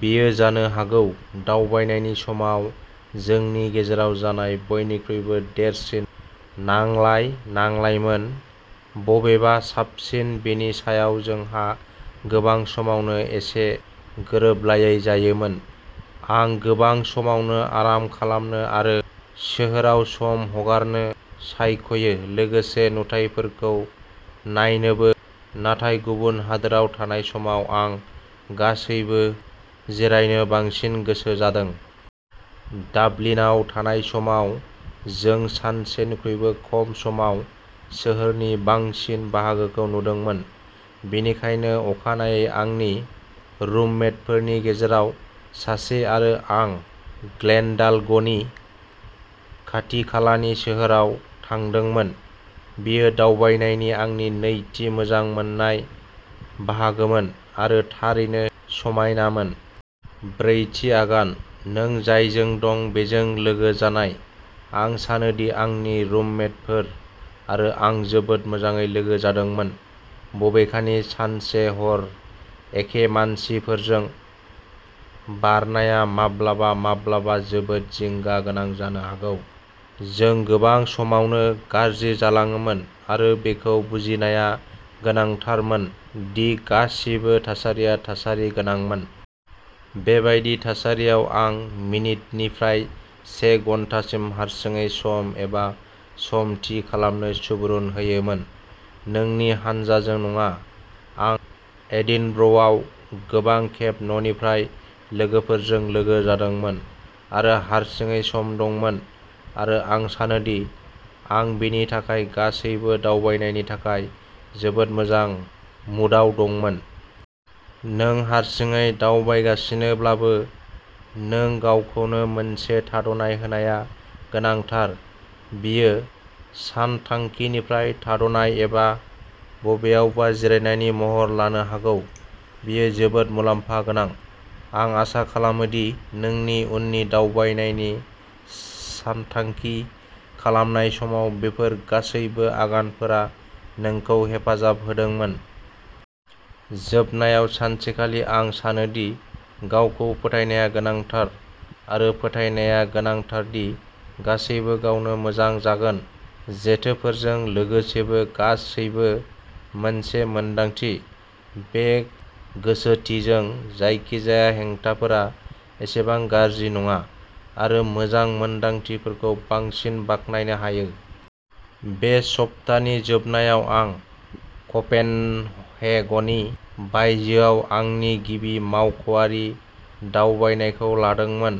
बेयो जानो हागौ दावबायनायनि समाव जोंनि गेजेराव जानाय बयनिख्रुइबो देरसिन नांलाय-नांलायमोन। बबेआ साबसिन बेनि सायाव जोंहा गोबां समावनो एसे गोरोबलायै जायोमोन। आं गोबां समावनो आराम खालामनो आरो सोहोराव सम हगारनो सायख'यो लोगोसे नुथायफोरखौ नायनोबो, नाथाय गुबुन हादोराव थानाय समाव आं गासैबो जिरायनो बांसिन गोसो जादों। डाबलिनआव थानाय समाव, जों सानसेनिख्रुइबो खम समाव सोहोरनि बांसिन बाहागोखौ नुदोंमोन, बेनिखायनो अखानायै आंनि रुममेटफोरनि गेजेराव सासे आरो आं ग्लेनडाल'गनि खाथिखालानि सोहोराव थांदोंमोन। बेयो दावबायनायनि आंनि नैथि मोजां मोनजानाय बाहागोमोन आरो थारैनो समायनामोन। ब्रैथि आगानः नों जायजों दं बेजों लोगो जानाय। आं सानो दि आंनि रुममेटफोर आरो आं जोबोद मोजाङै लोगो जादोंमोन, बबेखानि, सानसे-हर एखे मानसिफोरजों बारनाया माब्लाबा-माब्लाबा जोबोद जिंगा गोनां जानो हागौ। जों गोबां समावनो गाज्रि जालाङोमोन आरो बेखौ बुजिनाया गोनांथारमोन दि गासिबो थासारिया थासारि गोनांमोन। बेबादि थासारियाव आं मिनिटनिफ्राय से घन्टासिम हारसिङै सम एबा सम थि खालामनो सुबुरुन होयोमोन, नोंनि हानजाजों नङा। आं एडिनब्र'आव गोबां खेब न'निफ्राय लोगोफोरजों लोगो जादोंमोन आरो हारसिङै सम दंमोन आरो आं सानोदि आं बेनि थाखाय गासैबो दावबायनायनि थाखाय जोबोद मोजां मुडआव दंमोन। नों हारसिङै दावबायगासिनोब्लाबो नोंगावखौनो मोनसे थाद'नाय होनाया गोनांथार। बेयो सानथांखिनिफ्राय थाद'नाय एबा बबेयावबा जिरायनायनि महर लानो हागौ, बेयो जोबोद मुलाम्फा गोनां। आं आसा खालामो दि नोंनि उननि दावबायनायनि सानथांखि खालामनाय समाव बेफोर गासैबो आगानफोरा नोंखौ हेफाजाब होदोंमोन। जोबनायाव सानसेखालि, आं सानो दि गावखौ फोथायनाया गोनांथार आरो फोथायनाया गोनांथार दि गासैबो गावनो मोजां जागोन। जेथोफोरजों लोगोसेबो, गासैबो मोनसे मोन्दांथि, बे गोसोथिजों, जायखिजाया हेंथाफोरा एसेबां गाज्रि नङा आरो मोजां मोन्दांथिफोरखौ बांसिन बाख्नायनो हायो। बे सप्तानि जोबनायाव आं क'पेनहेगननि बायजोआव आंनि गिबि मावख'आरि दावबायनायखौ लादोंमोन।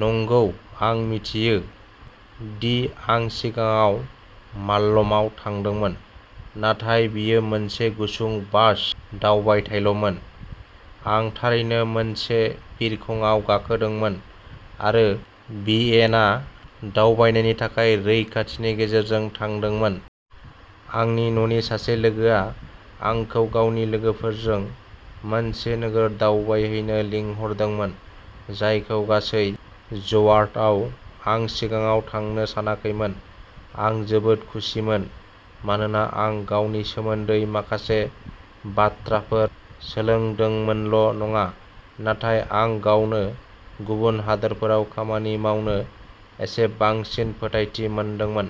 नंगौ, आं मिथियो दि आं सिगाङाव माल्म'आव थांदोंमोन, नाथाय बेयो मोनसे गुसुं बास दावबायथायल'मोन। आं थारैनो मोनसे बिरखंआव गाखोदोंमोन आरो भियेना दावबायनायनि थाखाय रैखाथिनि गेजेरजों थांदोंमोन। आंनि न'नि सासे लोगोआ आंखौ गावनि लोगोफोरजों मोनसे नोगोर दावबायहैनो लिंहरदोंमोन, जायखौ गासै ज'आर्टआव आं सिगाङाव थांनो सानाखैमोन। आं जोबोद खुसिमोन, मानोना आं गावनि सोमोन्दै माखासे बाथ्राफोर सोलोंदोंमोनल'नङा, नाथाय आं गावनो गुबुन हादोरफोराव खामानि मावनो एसे बांसिन फोथायथि मोनदोंमोन।